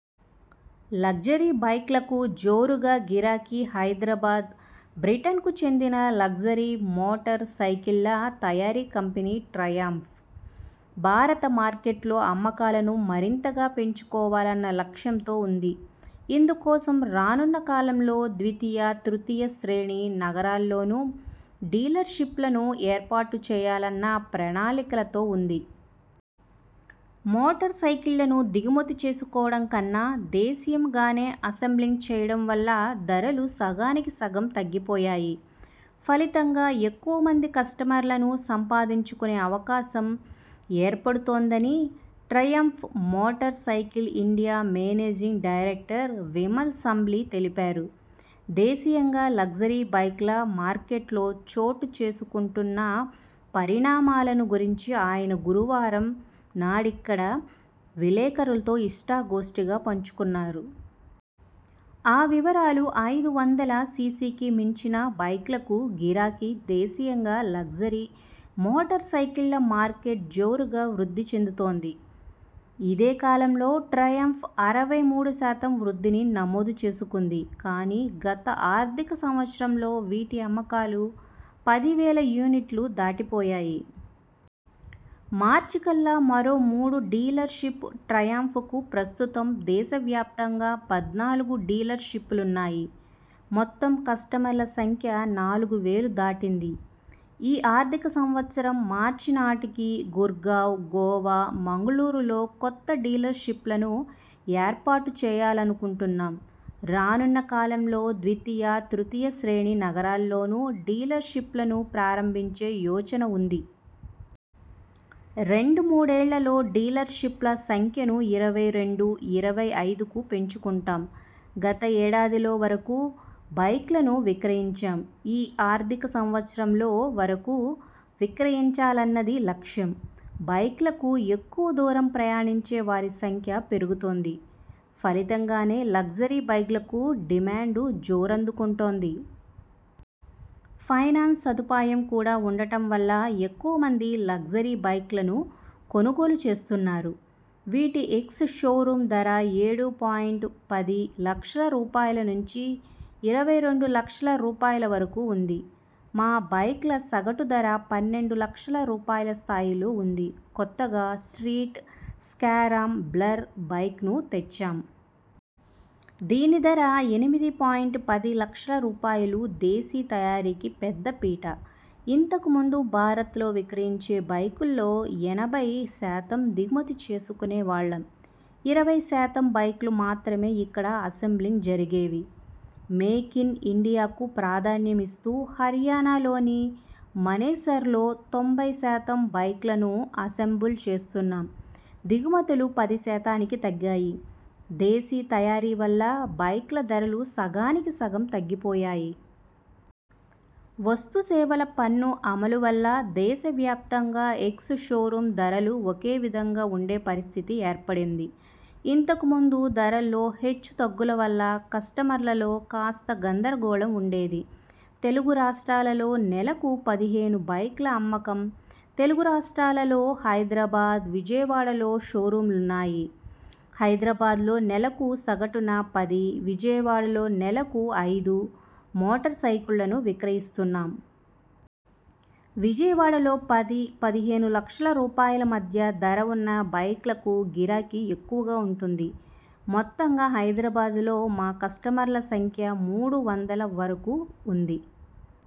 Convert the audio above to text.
Luxury బైక్లకు జోరుగా గిరాకీ హైదరాబాద్ బ్రిటన్కు చెందిన లగ్జరీ మోటార్ సైకిల్ల్ల తయారీ కంపెనీ ట్రయంఫ్, భారత మార్కెట్లో అమ్మకాలను మరింతగా పెంచుకోవాలన్న లక్ష్యంతో ఉంది. ఇందు కోసం రానున్న కాలంలో ద్వితీయ, తృతీయ శ్రేణి నగరాల్లోనూ డీలర్ షిప్లను ఏర్పాటు చేయాలన్న ప్రణాళికలతో ఉంది. మోటార్ సైకిళ్ల ను దిగుమతి చేసుకోవడం కన్నా దేశీయం గానే అసెంబ్లింగ్ చేయడం వల్ల ధరలు సగానికి సగం తగ్గి పోయాయి. ఫలితంగా ఎక్కువ మంది కస్టమర్లను సంపాదించుకునే అవకాశం ఏర్పడుతోందని Triumph motorcycle India managing director Vimal Sambli తెలిపారు. దేశీయంగా లగ్జరీ బైక్ల మార్కెట్లో చోటు చేసుకుంటున్న పరిణామాలను గురించి ఆయన గురువారం నాడిక్కడ విలేకరులతో ఇష్టా గోష్టిగా పంచుకున్నారు. ఆ వివరాలు, ఐదు వందల సిసికి మించిన బైక్లకు గిరాకీ దేశీయంగా లగ్జరీ మోటార్ సైకిళ్ళ మార్కెట్ జోరుగా వృద్ధి చెందుతోంది. ఇదే కాలంలో ట్రయంఫ్ అరవై మూడు శాతం వృద్ధిని నమోదు చేసుకుంది. కానీ గత ఆర్థిక సంవత్సరంలో వీటి అమ్మకాలు పది వేల యూనిట్లు దాటి పోయాయి. మార్చి కల్లా మరో మూడు డీలర్ షిప్ ట్రయంఫ్‌కు ప్రస్తుతం దేశ వ్యాప్తంగా పద్నాలుగు డీలర్ షిప్లున్నాయి. మొత్తం కస్టమర్ల సంఖ్య నాలుగు వేలు దాటింది. ఈ ఆర్థిక సంవత్సరం మార్చి నాటికి గుర్గావ్, గోవా, మంగుళూరులో కొత్త డీలర్ షిప్లను ఏర్పాటు చేయాలనుకుంటున్నాం. రానున్న కాలంలో ద్వితీయ, తృతీయ శ్రేణి నగరాల్లోనూ డీలర్ షిప్లను ప్రారంభించే యోచన ఉంది. రెండు మూడేళ్లలో డీలర్ షిప్ల సంఖ్యను ఇరవై రెండు, ఇరవై ఐదుకు పెంచుకుంటాం గత ఏడాదిలో వరకు బైక్లను విక్రయించాం. ఈ ఆర్థిక సంవత్సరంలో వరకు విక్రయించాలన్నది లక్ష్యం. బైక్లకు ఎక్కువ దూరం ప్రయాణించే వారి సంఖ్య పెరుగుతోంది. ఫలితం గానే లగ్జరీ బైక్లకు డిమాండ్ జోరందు కుంటోంది. ఫైనాన్స్ సదు పాయం కూడా ఉండటం వల్ల ఎక్కువ మంది లగ్జరీ బైక్లను కొనుగోలు చేస్తున్నారు. వీటి ఎక్స్ షో రూమ్ ధర ఏడు పాయింట్ పది లక్షల రూపాయల నుంచి ఇరవై రెండు లక్షల రూపాయల వరకు ఉంది మా బైక్ల సగటు ధర పన్నెండు లక్షల రూపాయల స్థాయిలో ఉంది కొత్తగా స్ట్రీట్ స్కరామ్ బ్లర్ బైక్ను తెచ్చాం. దీని ధర ఎనిమిది పాయింట్ పది లక్షల రూపాయలు దేశీ తయారీకి పెద్దపీట ఇంతకు ముందు భారత్లో విక్రయించే బైకుల్లో ఎనభై శాతం దిగుమతి చేసుకునే వాళ్లం ఇరవై శాతం బైక్లు మాత్రమే ఇక్కడ అసెంబ్లింగ్ జరిగేవి మేక్ ఇన్ ఇండియాకు ప్రాధాన్యం ఇస్తూ హర్యానాలోని మనేసర్లో తొంభై శాతం బైక్లను అసెంబుల్ చేస్తున్నాం దిగుమతులు పది శాతానికి తగ్గాయి దేశీ తయారీ వల్ల బైక్ల ధరలు సగానికి సగం తగ్గి పోయాయి. వస్తు సేవల పన్ను అమలు వల్ల దేశ వ్యాప్తంగా ఎక్స్ షో రూమ్ ధరలు ఒకే విధంగా ఉండే పరిస్థితి ఏర్పడింది. ఇంతకు ముందు ధరల్లో హెచ్చు తగ్గుల వల్ల కస్టమర్ల లో కాస్త గందర గోళం ఉండేది. తెలుగు రాస్ట్రాలలో నెలకు పదిహేను బైక్ల అమ్మకం తెలుగు రాస్ట్రాలలో హైదరాబాద్, విజయవాడలో షోరూమ్లున్నాయి హైదరాబాద్లో నెలకు సగటున పది, విజయవాడలో నెలకు ఐదు మోటార్ సైకిళ్లను విక్రయిస్తున్నాం. విజయవాడలో పది, పదిహేను లక్షల రూపాయల మధ్య ధర ఉన్న బైక్లకు గిరాకీ ఎక్కువగా ఉంటోంది. మొత్తంగా హైదరాబాద్లో మా కస్టమర్ల సంఖ్య మూడు వందల వరకు ఉంది.